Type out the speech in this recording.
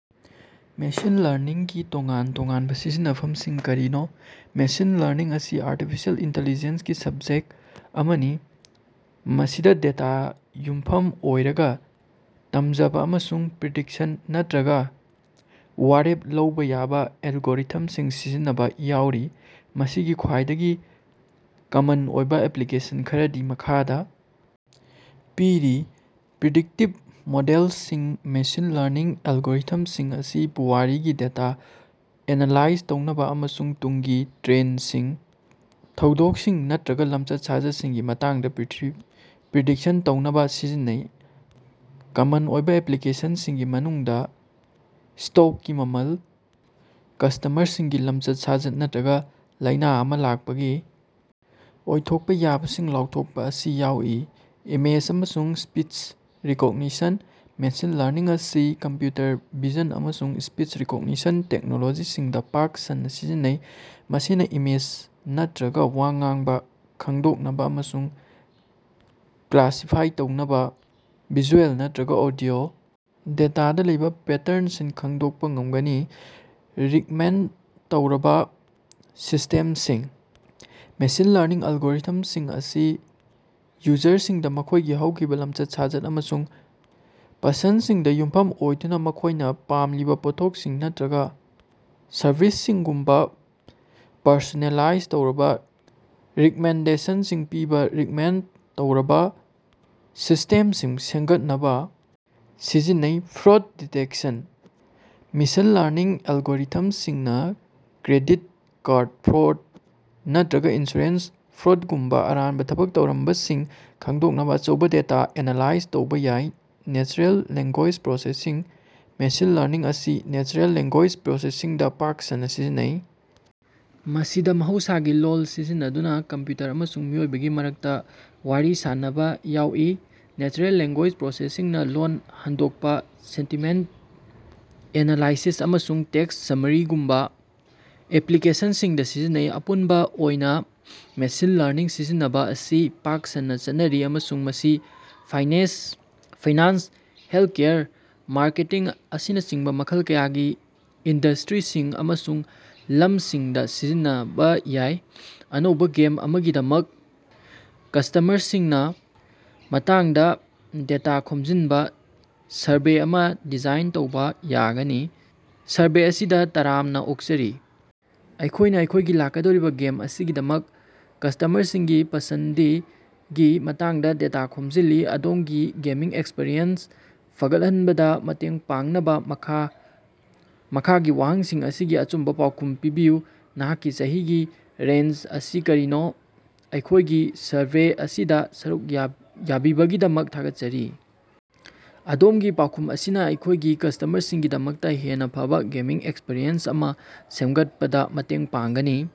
Machine ꯂꯔꯅꯤꯡꯒꯤ ꯇꯣꯉꯥꯟ-ꯇꯣꯉꯥꯟꯕꯥ ꯁꯤꯖꯤꯟꯅꯐꯝꯁꯤꯡ ꯀꯔꯤꯅꯣ? ꯃꯦꯁꯤꯟ ꯂꯔꯅꯤꯡ ꯑꯁꯤ ꯑꯥꯔꯇꯤꯐꯤꯁꯤꯑꯦꯜ ꯏꯟꯇꯤꯂꯤꯖꯦꯟꯁꯒꯤ ꯁꯕꯁꯦꯠ ꯑꯃꯅꯤ, ꯃꯁꯤꯗꯥ ꯗꯦꯇꯥꯗꯥ ꯌꯨꯝꯐꯝ ꯑꯣꯏꯔꯒꯥ ꯇꯝꯖꯕꯥ ꯑꯃꯁꯨꯡ ꯄ꯭ꯔꯤꯗꯤꯛꯁꯟ ꯅꯠꯇ꯭ꯔꯒꯥ ꯋꯥꯔꯦꯞ ꯂꯧꯕꯥ ꯌꯥꯕꯥ ꯑꯦꯜꯒꯣꯔꯤꯊꯝꯁꯤꯡ ꯁꯤꯖꯤꯟꯅꯕꯥ ꯌꯥꯎꯔꯤ꯫ ꯃꯁꯤꯒꯤ ꯈ꯭ꯋꯥꯏꯗꯒꯤ ꯀꯃꯟ ꯑꯣꯏꯕꯥ ꯑꯦꯄ꯭ꯂꯤꯀꯦꯁꯟ ꯈꯔꯗꯤ ꯃꯈꯥꯗꯥ ꯄꯤꯔꯤ: ꯄ꯭ꯔꯤꯗꯤꯛꯇꯤꯚ ꯃꯣꯗꯦꯂꯤꯡ: ꯃꯦꯁꯤꯟ ꯂꯔꯅꯤꯡ ꯑꯦꯜꯒꯣꯔꯤꯊꯝꯁꯤꯡ ꯑꯁꯤ ꯄꯨꯋꯥꯔꯤꯒꯤ ꯗꯦꯇꯥ ꯑꯦꯅꯥꯂꯥꯏꯖ ꯇꯧꯅꯕꯥ ꯑꯃꯁꯨꯡ ꯇꯨꯡꯒꯤ ꯇ꯭ꯔꯦꯟꯗꯁꯤꯡ, ꯊꯧꯗꯣꯛꯁꯤꯡ ꯅꯠꯇ꯭ꯔꯒꯥ ꯂꯝꯆꯠ-ꯁꯥꯖꯠꯁꯤꯡꯒꯤ ꯃꯇꯥꯡꯗꯥ ꯄ꯭ꯔꯤꯗꯤꯛꯁꯟ ꯇꯧꯅꯕꯥ ꯁꯤꯖꯤꯟꯅꯩ꯫ ꯀꯃꯟ ꯑꯣꯏꯕꯥ ꯑꯦꯄ꯭ꯂꯤꯀꯦꯁꯟꯁꯤꯡꯒꯤ ꯃꯅꯨꯡꯗꯥ ꯁ꯭ꯇꯣꯛꯀꯤ ꯃꯃꯜ, ꯀꯁ꯭ꯇꯃꯔꯁꯤꯡꯒꯤ ꯂꯝꯆꯠ-ꯁꯥꯖꯠ ꯅꯠꯇ꯭ꯔꯒꯥ ꯂꯥꯏꯅꯥ ꯑꯃꯥ ꯂꯥꯛꯄꯒꯤ ꯑꯣꯏꯊꯣꯛꯄꯥ ꯌꯥꯕꯁꯤꯡ ꯂꯥꯎꯊꯣꯛꯄꯥ ꯑꯁꯤ ꯌꯥꯎꯏ꯫ ꯏꯃꯦꯖ ꯑꯃꯁꯨꯡ ꯁ꯭ꯄꯤꯆ ꯔꯤꯀꯣꯛꯅꯤꯁꯟ: ꯃꯦꯁꯤꯟ ꯂꯔꯅꯤꯡ ꯑꯁꯤ ꯀꯝꯄ꯭ꯌꯨꯇꯔ ꯚꯤꯖꯟ ꯑꯃꯁꯨꯡ ꯁ꯭ꯄꯤꯆ ꯔꯤꯀꯣꯛꯅꯤꯁꯟ ꯇꯦꯛꯅꯣꯂꯣꯖꯤꯁꯤꯡꯗꯥ ꯄꯥꯛ ꯁꯟꯅꯥ ꯁꯤꯖꯤꯟꯅꯩ꯫ ꯃꯁꯤꯅꯥ ꯏꯃꯦꯖ ꯅꯠꯇ꯭ꯔꯒꯥ ꯋꯥ ꯉꯥꯡꯕꯥ ꯈꯪꯗꯣꯛꯅꯕꯥ ꯑꯃꯁꯨꯡ ꯀ꯭ꯂꯥꯁꯤꯐꯥꯏ ꯇꯧꯅꯕꯥ ꯚꯤꯖꯨꯑꯦꯜ ꯅꯠꯇ꯭ꯔꯒꯥ ꯑꯣꯗꯤꯑꯣ ꯗꯦꯇꯥꯗꯥ ꯂꯩꯕꯥ ꯄꯦꯇ꯭ꯔꯟꯁꯤꯡ ꯈꯪꯗꯣꯛꯄꯥ ꯉꯝꯒꯅꯤ꯫ ꯔꯤꯛꯃꯦꯟꯗ ꯇꯧꯔꯕꯥ ꯁꯤꯁꯇꯦꯝꯁꯤꯡ: ꯃꯦꯁꯤꯟ ꯂꯔꯅꯤꯡ ꯑꯦꯜꯒꯣꯔꯤꯊꯝꯁꯤꯡ ꯑꯁꯤ ꯌꯨꯖꯔꯁꯤꯡꯗꯥ ꯃꯈꯣꯏꯒꯤ ꯍꯧꯈꯤꯕꯥ ꯂꯝꯆꯠ-ꯁꯥꯖꯠ ꯑꯃꯁꯨꯡ ꯄꯁꯟꯗꯁꯤꯡꯗꯥ ꯌꯨꯝꯐꯝ ꯑꯣꯏꯗꯨꯅꯥ ꯃꯈꯣꯏꯅꯥ ꯄꯥꯝꯂꯤꯕꯥ ꯄꯣꯠꯊꯣꯛꯁꯤꯡ ꯅꯠꯇ꯭ꯔꯒꯥ ꯁꯔꯚꯤꯁꯁꯤꯡꯒꯨꯝꯕꯥ ꯄꯔꯁꯣꯅꯦꯂꯥꯏꯖ ꯇꯧꯔꯕꯥ ꯔꯤꯛꯃꯦꯟꯗꯦꯁꯟꯁꯤꯡ ꯄꯤꯕꯥ ꯔꯤꯛꯃꯦꯟꯗ ꯇꯧꯔꯕꯥ ꯁꯤꯁꯇꯦꯝꯁꯤꯡ ꯁꯦꯝꯒꯠꯅꯕꯥ ꯁꯤꯖꯤꯟꯅꯩ꯫ ꯐ꯭ꯔꯣꯗ ꯗꯤꯇꯦꯛꯁꯟ: ꯃꯦꯁꯤꯟ ꯂꯔꯅꯤꯡ ꯑꯦꯜꯒꯣꯔꯤꯊꯝꯁꯤꯡꯅꯥ ꯀ꯭ꯔꯦꯗꯤꯠ ꯀꯥꯔꯗ ꯐ꯭ꯔꯣꯗ ꯅꯠꯇ꯭ꯔꯒꯥ ꯏꯟꯁꯨꯔꯦꯟꯁ ꯐ꯭ꯔꯣꯗꯒꯨꯝꯕꯥ ꯑꯔꯥꯟꯕꯥ ꯊꯕꯛ ꯊꯧꯔꯝꯁꯤꯡ ꯈꯪꯗꯣꯛꯅꯕꯥ ꯑꯆꯧꯕꯥ ꯗꯦꯇꯥ ꯑꯦꯅꯥꯂꯥꯏꯖ ꯇꯧꯕꯥ ꯌꯥꯏ꯫ Natural language processing: machine learning ꯑꯁꯤ ꯅꯦꯆꯔꯦꯜ ꯂꯦꯡꯒꯣꯏꯖ ꯄ꯭ꯔꯣꯁꯦꯁꯤꯡꯗꯥ ꯄꯥꯛ ꯁꯟꯅꯥ ꯁꯤꯖꯤꯟꯅꯩ, ꯃꯁꯤꯗꯥ ꯃꯍꯧꯁꯥꯒꯤ ꯂꯣꯜ ꯁꯤꯖꯤꯟꯅꯗꯨꯅꯥ ꯀꯝꯄ꯭ꯌꯨꯇꯔ ꯑꯃꯁꯨꯡ ꯃꯤꯑꯣꯏꯕꯒꯤ ꯃꯔꯛꯇꯥ ꯋꯥꯔꯤ ꯁꯥꯅꯕꯥ ꯌꯥꯎꯏ꯫ ꯅꯦꯆꯔꯦꯜ ꯂꯦꯡꯒꯣꯏꯖ ꯄ꯭ꯔꯣꯁꯦꯁꯤꯡꯅꯥ ꯂꯣꯜ ꯍꯟꯗꯣꯛꯄꯥ, ꯁꯦꯟꯇꯤꯃꯦꯟꯇ ꯑꯦꯅꯥꯂꯥꯏꯁꯤꯁ ꯑꯃꯁꯨꯡ ꯇꯦꯛꯁ ꯁꯝꯃꯥꯔꯤꯖꯒꯨꯝꯕꯥ ꯑꯦꯄ꯭ꯂꯤꯀꯦꯁꯟꯁꯤꯡꯗꯥ ꯁꯤꯖꯤꯟꯅꯩ꯫ ꯑꯄꯨꯟꯕꯥ ꯑꯣꯏꯅꯥ ꯃꯦꯁꯤꯟ ꯂꯔꯅꯤꯡ ꯁꯤꯖꯤꯟꯅꯕꯥ ꯑꯁꯤ ꯄꯥꯛ ꯁꯟꯅꯥ ꯆꯠꯅꯔꯤ ꯑꯃꯁꯨꯡ ꯃꯁꯤ ꯐꯥꯏꯅꯥꯟꯁ, ꯍꯦꯜꯊꯀꯦꯌꯔ, ꯃꯥꯔꯀꯦꯇꯤꯡ, ꯑꯁꯤꯅꯆꯤꯡꯕꯥ ꯃꯈꯜ ꯀꯌꯥꯒꯤ ꯏꯟꯗꯁꯇ꯭ꯔꯤꯁꯤꯡ ꯑꯃꯁꯨꯡ ꯂꯝꯁꯤꯡꯗꯥ ꯁꯤꯖꯤꯟꯅꯕꯥ ꯌꯥꯏ꯫ ꯑꯅꯧꯕꯥ ꯒꯦꯝ ꯑꯃꯒꯤꯗꯃꯛ ꯀꯁ꯭ꯇꯃꯔꯁꯤꯡ ꯅ ꯃꯇꯥꯡꯗꯥ ꯗꯦꯇꯥ ꯈꯣꯝꯖꯤꯟꯕꯥ ꯁꯔꯚꯦ ꯑꯃꯥ ꯗꯤꯖꯥꯏꯟ ꯇꯧꯕꯥ ꯌꯥꯒꯅꯤ꯫ ꯁꯔꯚꯦ ꯑꯁꯤꯗꯥ ꯇꯔꯥꯝꯅꯥ ꯑꯣꯛꯆꯔꯤ! ꯑꯩꯈꯣꯏꯅꯥ ꯑꯩꯈꯣꯏꯒꯤ ꯂꯥꯛꯀꯗꯧꯔꯤꯕꯥ ꯒꯦꯝ ꯑꯁꯤꯒꯤꯗꯃꯛ ꯀꯁ꯭ꯇꯃꯔꯁꯤꯡꯒꯤ ꯄꯁꯟꯗꯒꯤ ꯃꯇꯥꯡꯗꯥ ꯗꯦꯇꯥ ꯈꯣꯝꯖꯤꯜꯂꯤ꯫ ꯑꯗꯣꯝꯒꯤ ꯒꯦꯃꯤꯡ ꯑꯦꯛꯁꯄꯤꯔꯤꯑꯦꯟꯁ ꯐꯒꯠꯍꯟꯕꯗꯥ ꯃꯇꯦꯡ ꯄꯥꯡꯅꯕꯥ ꯃꯈꯥꯒꯤ ꯋꯥꯍꯪꯁꯤꯡ ꯑꯁꯤꯒꯤ ꯑꯆꯨꯝꯕꯥ ꯄꯥꯎꯈꯨꯝ ꯄꯤꯕꯤꯌꯨ꯫ ꯅꯍꯥꯛꯀꯤ ꯆꯍꯤꯒꯤ ꯔꯦꯟꯖ ꯑꯁꯤ ꯀꯔꯤꯅꯣ? ꯑꯩꯈꯣꯏꯒꯤ ꯁꯔꯚꯦ ꯑꯁꯤꯗꯥ ꯁꯔꯨꯛ ꯌꯥꯕꯤꯕꯒꯤꯗꯃꯛ ꯊꯥꯒꯠꯆꯔꯤ! ꯑꯗꯣꯝꯒꯤ ꯄꯥꯎꯈꯨꯝ ꯑꯁꯤꯅꯥ ꯑꯩꯈꯣꯏꯒꯤ ꯀꯁ꯭ꯇꯃꯔꯁꯤꯡꯒꯤꯗꯃꯛꯇꯥ ꯍꯦꯟꯅꯥ ꯐꯕꯥ ꯒꯦꯃꯤꯡ ꯑꯦꯛꯁꯄꯔꯤꯌꯦꯟꯁ ꯑꯃꯥ ꯁꯦꯝꯒꯠꯄꯗꯥ ꯃꯇꯦꯡ ꯄꯥꯡꯒꯅꯤ꯫